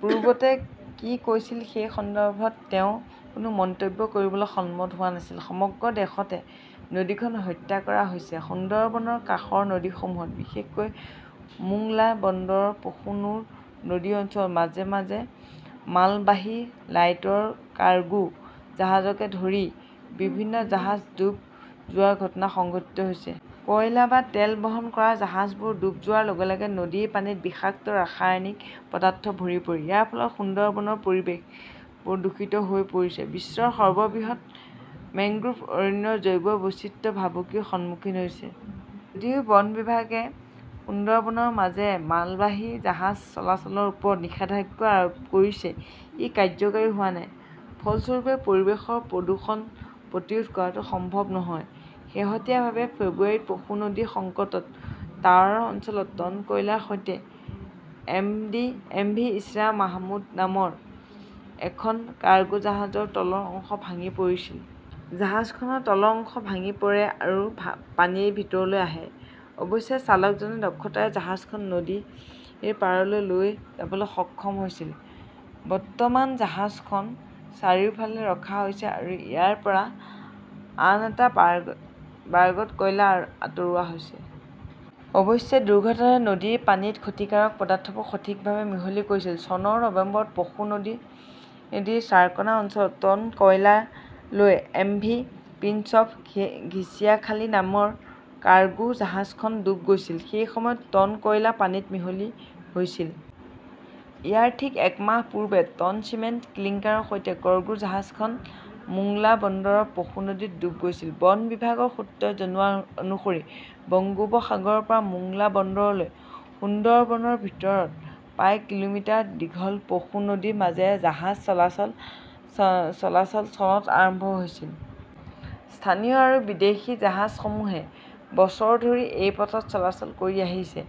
পূৰ্বতে কি হৈছিল সেই সন্দৰ্ভত তেওঁ কোনো মন্তব্য কৰিবলৈ সন্মত হোৱা নাছিল। সমগ্ৰ দেশতে নদীখন হত্যা কৰা হৈছে। সুন্দৰবনৰ কাষৰ নদীসমূহত, বিশেষকৈ মোংলা বন্দৰৰ পশুনুৰ নদী অঞ্চলত, মাজে মাজে মালবাহী লাইটৰ কাৰ্গো জাহাজকে ধৰি বিভিন্ন জাহাজ ডুব যোৱাৰ ঘটনা সংঘটিত হৈছে। কয়লা বা তেল বহন কৰা জাহাজবোৰ ডুব যোৱাৰ লগে লগে নদীৰ পানীত বিষাক্ত ৰাসায়নিক পদাৰ্থ ভৰি পৰে। ইয়াৰ ফলত সুন্দৰবনৰ পৰিৱেশ দূষিত হৈ পৰিছে। বিশ্বৰ সৰ্ববৃহৎ মেংগ্ৰোভ অৰণ্যৰ জৈৱ বৈচিত্ৰ্য ভাবুকিৰ সন্মুখীন হৈছে। যদিও বন বিভাগে সুন্দৰবনৰ মাজেৰে মালবাহী জাহাজ চলাচলৰ ওপৰত নিষেধাজ্ঞা আৰোপ কৰিছে, ই কাৰ্যকৰী হোৱা নাই। ফলস্বৰূপে, পৰিৱেশৰ প্ৰদূষণ প্ৰতিৰোধ কৰাটো সম্ভৱ নহয়। শেহতীয়াভাৱে ফেব্ৰুৱাৰীত পশু নদীৰ সংকেত টাৱাৰ অঞ্চলত টন কয়লাৰ সৈতে 'এমভি ইছৰা মাহমুদ নামৰ এখন কাৰ্গো জাহাজৰ তলৰ অংশ ভাঙি পৰিছিল। জাহাজখনৰ তলৰ অংশ ভাঙি পৰে আৰু পানী ভিতৰলৈ আহে। অৱশ্যে চালকজনে দক্ষতাৰে জাহাজখন নদীৰ পাৰলৈ লৈ যাবলৈ সক্ষম হৈছিল। বৰ্তমান জাহাজখন চাৰিওফালে ৰখা হৈছে আৰু ইয়াৰ পৰা আন এটা বাৰ্গত কয়লা আঁতৰোৱা হৈছে। অৱশ্যে, দুৰ্ঘটনাটোৱে নদীৰ পানীত ক্ষতিকাৰক পদাৰ্থবোৰ সঠিকভাৱে মিহলি কৰিছিল। চনৰ নৱেম্বৰত পশু নদীৰ চাৰ্কানা অঞ্চলত টন কয়লা লৈ এমভি প্ৰিন্স অৱ ঘিচিয়াখালী নামৰ কাৰ্গো জাহাজখন ডুব গৈছিল। সেই সময়ত টন কয়লা পানীত মিহলি হৈছিল। ইয়াৰ ঠিক এক মাহ পূৰ্বে টন চিমেণ্ট ক্লিংকাৰৰ সৈতে কৰ্গো জাহাজখন মোংলা বন্দৰৰ পশু নদীত ডুব গৈছিল। বন বিভাগৰ সূত্ৰই জনোৱা অনুসৰি বংগোপসাগৰৰ পৰা মোংলা বন্দৰলৈ সুন্দৰবনৰ ভিতৰত প্ৰায় কিলোমিটাৰ দীঘল পশু নদীৰ মাজেৰে জাহাজ চলাচল চনত আৰম্ভ হৈছিল। স্থানীয় আৰু বিদেশী জাহাজসমূহে বছৰ ধৰি এই পথত চলাচল কৰি আহিছে।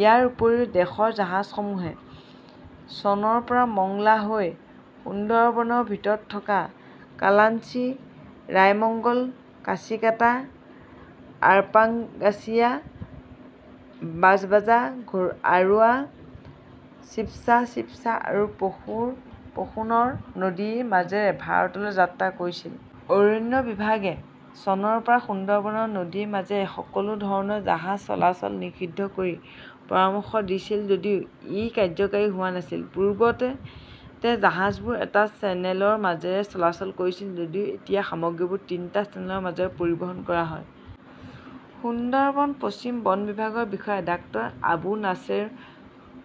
ইয়াৰ উপৰিও, দেশৰ জাহাজসমূহে চনৰ পৰা মংগলা হৈ সুন্দৰবনৰ ভিতৰত থকা কালিঞ্চি, ৰায়মঙ্গল, কাছিকাটা, আৰপাংগাসিয়া, বাজবাজা, আৰুৱা শিৱছা, শিৱছা আৰু পশুনৰ নদীৰ মাজেৰে ভাৰতলৈ যাত্ৰা কৰিছিল। অৰণ্য বিভাগে চনৰ পৰা সুন্দৰবনৰ নদীৰ মাজেৰে সকলো ধৰণৰ জাহাজ চলাচল নিষিদ্ধ কৰাৰ পৰামৰ্শ দিছিল যদিও ই কাৰ্যকৰী হোৱা নাছিল। পূৰ্বতে জাহাজবোৰ এটা চেনেলৰ মাজেৰে চলাচল কৰিছিল যদিও এতিয়া সামগ্ৰীবোৰ তিনিটা চেনেলৰ মাজেৰে পৰিবহণ কৰা হয়। সুন্দৰবন পশ্চিম বন বিভাগৰ বিষয়া ডাঃ আবু নাছেৰ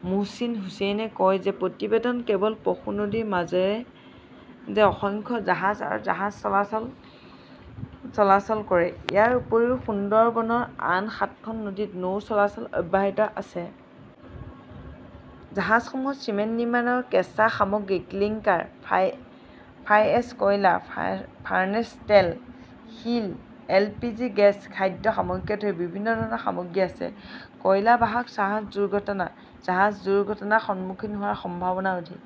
মোহচিন হুচেইনে কয় যে প্ৰতিদিনে কেৱল পশু নদীৰ মাজেৰে অসংখ্য জাহাজ আৰু জাহাজ চলাচল কৰে। ইয়াৰ উপৰিও সুন্দৰবনৰ আন সাতখন নদীত নৌ চলাচল অব্যাহত আছে। জাহাজসমূহত চিমেণ্ট নিৰ্মাণৰ কেঁচা সামগ্ৰী ক্লিংকাৰ, ফ্লাইএছ, কয়লা, ফাৰ্নেচ তেল, শিল, এল পি জি গেছ, খাদ্য সামগ্ৰীকে ধৰি বিভিন্ন ধৰণৰ সামগ্ৰী আছে। কয়লা বাহক জাহাজ দুৰ্ঘটনাৰ সন্মুখীন হোৱাৰ সম্ভাৱনা অধিক।